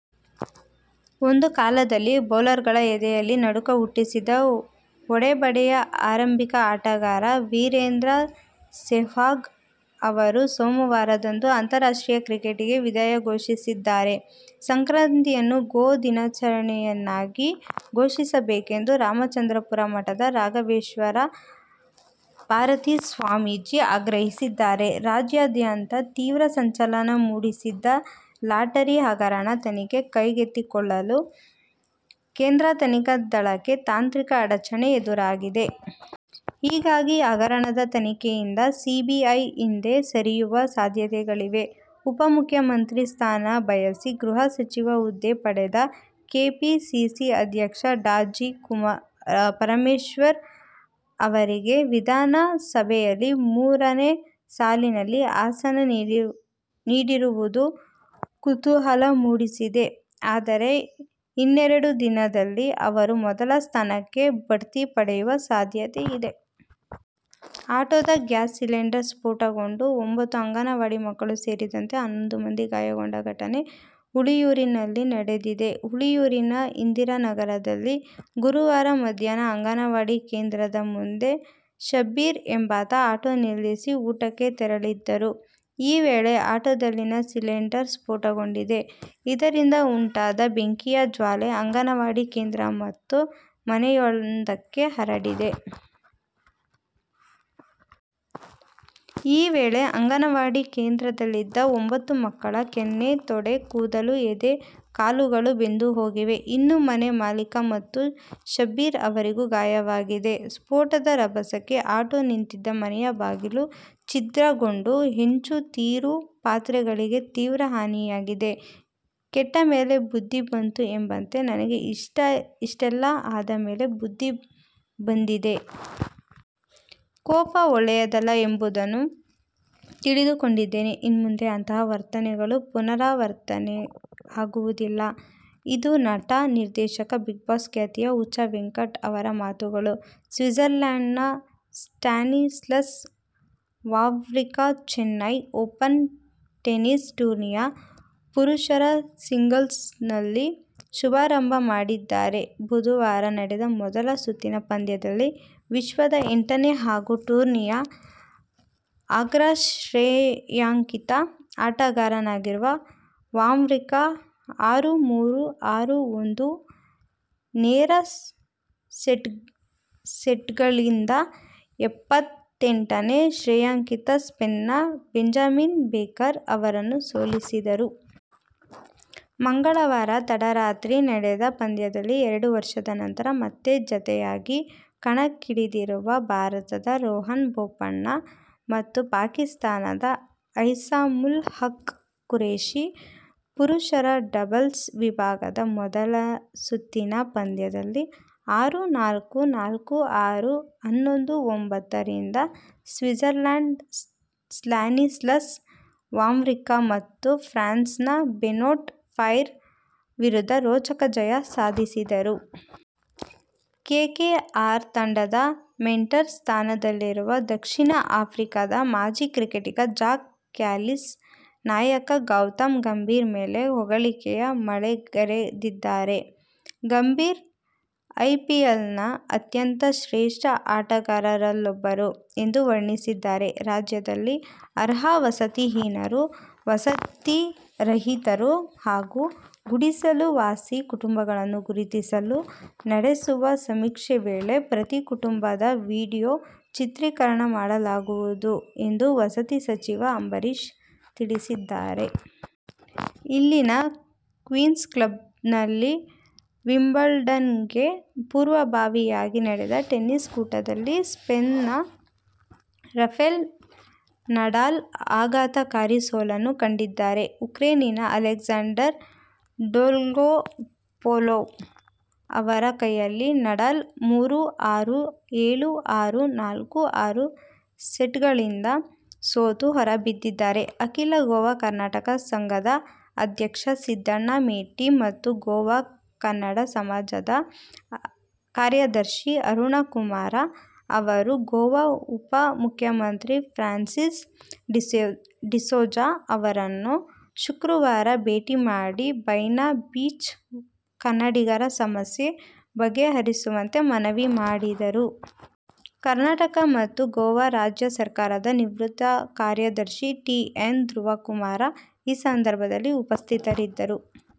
ಒಂದು ಕಾಲದಲ್ಲಿ ಬೌಲರ್ಗಳ ಎದೆಯಲ್ಲಿ ನಡುಕ ಹುಟ್ಟಿಸಿದ್ದ ಹೊಡೆಬಡಿಯ ಆರಂಭಿಕ ಆಟಗಾರ ವೀರೇಂದ್ರ ಸೆಹ್ವಾಗ್ ಅವರು ಸೋಮವಾರದಂದು ಅಂತಾರಾಷ್ಟ್ರೀಯ ಕ್ರಿಕೆಟಿಗೆ ವಿದಾಯ ಘೋಷಿಸಿದ್ದಾರೆ. ಸಂಕ್ರಾತಿಯನ್ನು ಗೋ ದಿನಾಚರಣೆಯನ್ನಾಗಿ ಘೋಷಿಸಬೇಕೆಂದು ರಾಮಚಂದ್ರಾಪುರ ಮಠದ ರಾಘವೇಶ್ವರ ಭಾರತೀ ಸ್ವಾಮೀಜಿ ಆಗ್ರಹಿಸಿದ್ದಾರೆ. ರಾಜ್ಯಾದ್ಯಂತ ತೀವ್ರ ಸಂಚಲನ ಮೂಡಿಸಿದ್ದ ಲಾಟರಿ ಹಗರಣದ ತನಿಖೆ ಕೈಗೆತ್ತಿಕೊಳ್ಳಲು ಕೇಂದ್ರ ತನಿಖಾ ದಳಕ್ಕೆ ತಾಂತ್ರಿಕ ಅಡಚಣೆ ಎದುರಾಗಿದೆ. ಹೀಗಾಗಿ ಹಗರಣದ ತನಿಖೆಯಿಂದ ಸಿಬಿಐ ಹಿಂದೆ ಸರಿಯುವ ಸಾಧ್ಯತೆಗಳಿವೆ. ಉಪ ಮುಖ್ಯಮಂತ್ರಿ ಸ್ಥಾನ ಬಯಸಿ ಗೃಹ ಸಚಿವ ಹುದ್ದೆ ಪಡೆದ ಕೆಪಿಸಿಸಿ ಅಧ್ಯಕ್ಷ ಡಾ ಜಿ. ಪರಮೇಶ್ವರ್ ಅವರಿಗೆ ವಿಧಾನಸಭೆಯಲ್ಲಿ ಮೂರನೇ ಸಾಲಿನಲ್ಲಿ ಆಸನ ನೀಡಿರುವುದು ಕುತೂಹಲ ಮೂಡಿಸಿದೆ. ಆದರೆ ಇನ್ನೆರಡು ದಿನದಲ್ಲಿ ಅವರು ಮೊದಲ ಸ್ಥಾನಕ್ಕೆ ಭಡ್ತಿ ಪಡೆಯುವ ಸಾಧ್ಯತೆ ಇದೆ. ಆಟೋದ ಗ್ಯಾಸ್ ಸಿಲಿಂಡರ್ ಸ್ಫೋಟಗೊಂಡು ಒಂಬತ್ತು ಅಂಗನವಾಡಿ ಮಕ್ಕಳು ಸೇರಿದಂತೆ ಹನ್ನೊಂದು ಮಂದಿ ಗಾಯಗೊಂಡ ಘಟನೆ ಹುಳಿಯೂರಿನಲ್ಲಿ ನಡೆದಿದೆ. ಹುಳಿಯೂರಿನ ಇಂದಿರಾನಗರದಲ್ಲಿ ಗುರುವಾರ ಮಧ್ಯಾಹ್ನ ಅಂಗನವಾಡಿ ಕೇಂದ್ರದ ಮುಂದೆ ಶಬ್ಬೀರ್ ಎಂಬಾತ ಆಟೋ ನಿಲ್ಲಿಸಿ ಊಟಕ್ಕೆ ತೆರಳಿದ್ದರು. ಈ ವೇಳೆ ಆಟೋದಲ್ಲಿನ ಸಿಲಿಂಡರ್ ಸ್ಫೋಟಗೊಂಡಿದೆ. ಇದರಿಂದ ಉಂಟಾದ ಬೆಂಕಿಯ ಜ್ವಾಲೆ ಅಂಗನವಾಡಿ ಕೇಂದ್ರ ಮತ್ತು ಮನೆಯೊಂದಕ್ಕೆ ಹರಡಿದೆ. ಈ ವೇಳೆ ಅಂಗನವಾಡಿ ಕೇಂದ್ರದಲ್ಲಿದ್ದ ಒಂಬತ್ತು ಮಕ್ಕಳ ಕೆನ್ನೆ, ತೊಡೆ, ಕೂದಲು, ಎದೆ, ಕಾಲುಗಳು ಬೆಂದುಹೋಗಿವೆ. ಇನ್ನು ಮನೆ ಮಾಲೀಕ ಮತ್ತು ಶಬ್ಬೀರ್ ಅವರಿಗೂ ಗಾಯವಾಗಿದೆ. ಸ್ಫೋಟದ ರಭಸಕ್ಕೆ ಆಟೋ ನಿಂತಿದ್ದ ಮನೆಯ ಬಾಗಿಲು ಛಿದ್ರಗೊಂಡು ಹೆಂಚು, ತೀರು, ಪಾತ್ರೆಗಳಿಗೆ ತೀವ್ರ ಹಾನಿಯಾಗಿದೆ. ಕೆಟ್ಟ ಮೇಲೆ ಬುದ್ಧಿ ಬಂತು ಎಂಬಂತೆ ನನಗೆ ಇಷ್ಟೆಲ್ಲಾ ಆದ ಮೇಲೆ ಬುದ್ದಿ ಬಂದಿದೆ. ಕೋಪ ಒಳ್ಳೆಯದಲ್ಲ ಎಂಬುದನ್ನು ತಿಳಿದುಕೊಂಡಿದ್ದೇನೆ. ಇನ್ಮುಂದೆ ಅಂತಹ ವರ್ತನೆಗಳು ಪುನರಾವರ್ತನೆ ಆಗೋದಿಲ್ಲ ಇದು ನಟ, ನಿರ್ದೇಶಕ, ಬಿಗ್ ಬಾಸ್ ಖ್ಯಾತಿಯ ಹುಚ್ಚ ವೆಂಕಟ್ ಅವರ ಮಾತುಗಳು. ಸ್ವಿಟ್ಜರ್ಲೆಂಡ್ನ Stanislas Wawrinka Chennai Open tennis ಟೂರ್ನಿಯ ಪುರುಷರ ಸಿಂಗಲ್ಸ್ನಲ್ಲಿ ಶುಭಾರಂಭ ಮಾಡಿದ್ದಾರೆ. ಬುಧವಾರ ನಡೆದ ಮೊದಲ ಸುತ್ತಿನ ಪಂದ್ಯದಲ್ಲಿ ವಿಶ್ವದ ಎಂಟನೇ ಹಾಗೂ ಟೂರ್ನಿಯ ಅಗ್ರಶ್ರೇಯಾಂಕಿತ ಆಟಗಾರನಾಗಿರುವ ವಾವ್ರಿಂಕಾ ಆರು-ಮೂರು, ಆರು-ಒಂದು ನೇರ ಸೆಟ್ಗಳಿಂದ ಎಪ್ಪತ್ತೆಂಟನೇ ಶ್ರೇಯಾಂಕಿತ ಸ್ಪೇನ್ನ ಬೆಂಜಮಿನ್ ಬೇಕರ್ ಅವರನ್ನು ಸೋಲಿಸಿದರು. ಮಂಗಳವಾರ ತಡರಾತ್ರಿ ನಡೆದ ಪಂದ್ಯದಲ್ಲಿ ಎರಡು ವರ್ಷದ ನಂತರ ಮತ್ತೆ ಜತೆಯಾಗಿ ಕಣಕ್ಕಿಳಿದಿರುವ ಭಾರತದ ರೋಹನ್ ಬೋಪಣ್ಣ ಮತ್ತು ಪಾಕಿಸ್ತಾನದ ಐಸಾಮುಲ್ ಹಕ್- ಖುರೇಷಿ ಪುರುಷರ ಡಬಲ್ಸ್ ವಿಭಾಗದ ಮೊದಲ ಸುತ್ತಿನ ಪಂದ್ಯದಲ್ಲಿ ಆರು-ನಾಲ್ಕು, ನಾಲ್ಕು- ಆರು, ಹನ್ನೊಂದು-ಒಂಬತ್ತು ರಿಂದ ಸ್ವಿಜರ್ಲೆಂಡ್ನ ಸ್ಲಾನಿಸ್ಲಾಸ್ ವಾವ್ರಿಂಕಾ ಮತ್ತು ಫ್ರಾನ್ಸ್ನ ಬೆನೊಟ್ ಪೈರ್ ವಿರುದ್ಧ ರೋಚಕ ಜಯ ಸಾಧಿಸಿದರು. ಕೆಕೆಆರ್ ತಂಡದ ಮೆಂಟರ್ ಸ್ಥಾನದಲ್ಲಿರುವ ದಕ್ಷಿಣ ಆಫ್ರಿಕಾದ ಮಾಜಿ ಕ್ರಿಕೆಟಿಗ ಜಾಕ್ ಕ್ಯಾಲಿಸ್, ನಾಯಕ ಗೌತಮ್ ಗಂಭೀರ್ ಮೇಲೆ ಹೊಗಳಿಕೆಯ ಮಳೆಗರೆದಿದ್ದಾರೆ. ಗಂಭೀರ್ ಐಪಿಎಲ್ನ ಅತ್ಯಂತ ಶ್ರೇಷ್ಠ ಆಟಗಾರರಲ್ಲೊಬ್ಬರು ಎಂದು ವರ್ಣಿಸಿದ್ದಾರೆ. ರಾಜ್ಯದಲ್ಲಿ ಅರ್ಹ ವಸತಿ ಹೀನರು, ವಸತಿರಹಿತರು ಹಾಗೂ ಗುಡಿಸಲು ವಾಸಿ ಕುಟುಂಬಗಳನ್ನು ಗುರುತಿಸಲು ನಡೆಸುವ ಸಮೀಕ್ಷೆ ವೇಳೆ ಪ್ರತಿ ಕುಟುಂಬದ ವಿಡಿಯೋ ಚಿತ್ರೀಕರಣ ಮಾಡಲಾಗುವುದು ಎಂದು ವಸತಿ ಸಚಿವ ಅಂಬರೀಶ್ ತಿಳಿಸಿದ್ದಾರೆ. ಇಲ್ಲಿನ ಕ್ವೀನ್ಸ್ ಕ್ಲಬ್ನಲ್ಲಿ ವಿಂಬಲ್ಡನ್ಗೆ ಪೂರ್ವಭಾವಿಯಾಗಿ ನಡೆದ ಟೆನ್ನಿಸ್ ಕೂಟದಲ್ಲಿ ಸ್ಪೇನ್ನ ರಫೆಲ್ ನಡಾಲ್ ಆಘಾತಕಾರಿ ಸೋಲನ್ನು ಕಂಡಿದ್ದಾರೆ. ಉಕ್ರೈನಿನ ಅಲೆಕ್ಸಾಂಡರ್ ಡೊಲ್ಗೊಪೋಲೋವ್ ಅವರ ಕೈಯಲ್ಲಿ ನಡಾಲ್ ಮೂರು-ಆರು, ಏಳು-ಆರು, ನಾಲ್ಕು-ಆರು ಸೆಟ್ಗಳಿಂದ ಸೋತು ಹೊರಬಿದ್ದಿದ್ದಾರೆ. ಅಖಿಲ ಗೋವಾ ಕನ್ನಡ ಸಂಘದ ಅಧ್ಯಕ್ಷ ಸಿದ್ದಣ್ಣ ಮೇಟಿ ಮತ್ತು ಗೋವಾ ಕನ್ನಡ ಸಮಾಜದ ಕಾರ್ಯದರ್ಶಿ ಅರುಣಕುಮಾರ ಅವರು ಗೋವಾ ಉಪಮುಖ್ಯಮಂತ್ರಿ ಫ್ರಾನ್ಸಿಸ್ ಡಿಸೋಜಾ ಅವರನ್ನು ಶುಕ್ರವಾರ ಭೇಟಿ ಮಾಡಿ ಬೈನಾ ಬೀಚ್ ಕನ್ನಡಿಗರ ಸಮಸ್ಯೆ ಬಗೆಹರಿಸುವಂತೆ ಮನವಿ ಮಾಡಿದರು. ಕರ್ನಾಟಕ ಮತ್ತು ಗೋವಾ ರಾಜ್ಯ ಸರ್ಕಾರದ ನಿವೃತ್ತ ಕಾರ್ಯದರ್ಶಿ ಟಿ. ಎನ್. ಧ್ರುವಕುಮಾರ ಈ ಸಂದರ್ಭದಲ್ಲಿ ಉಪಸ್ಥಿತರಿದ್ದರು.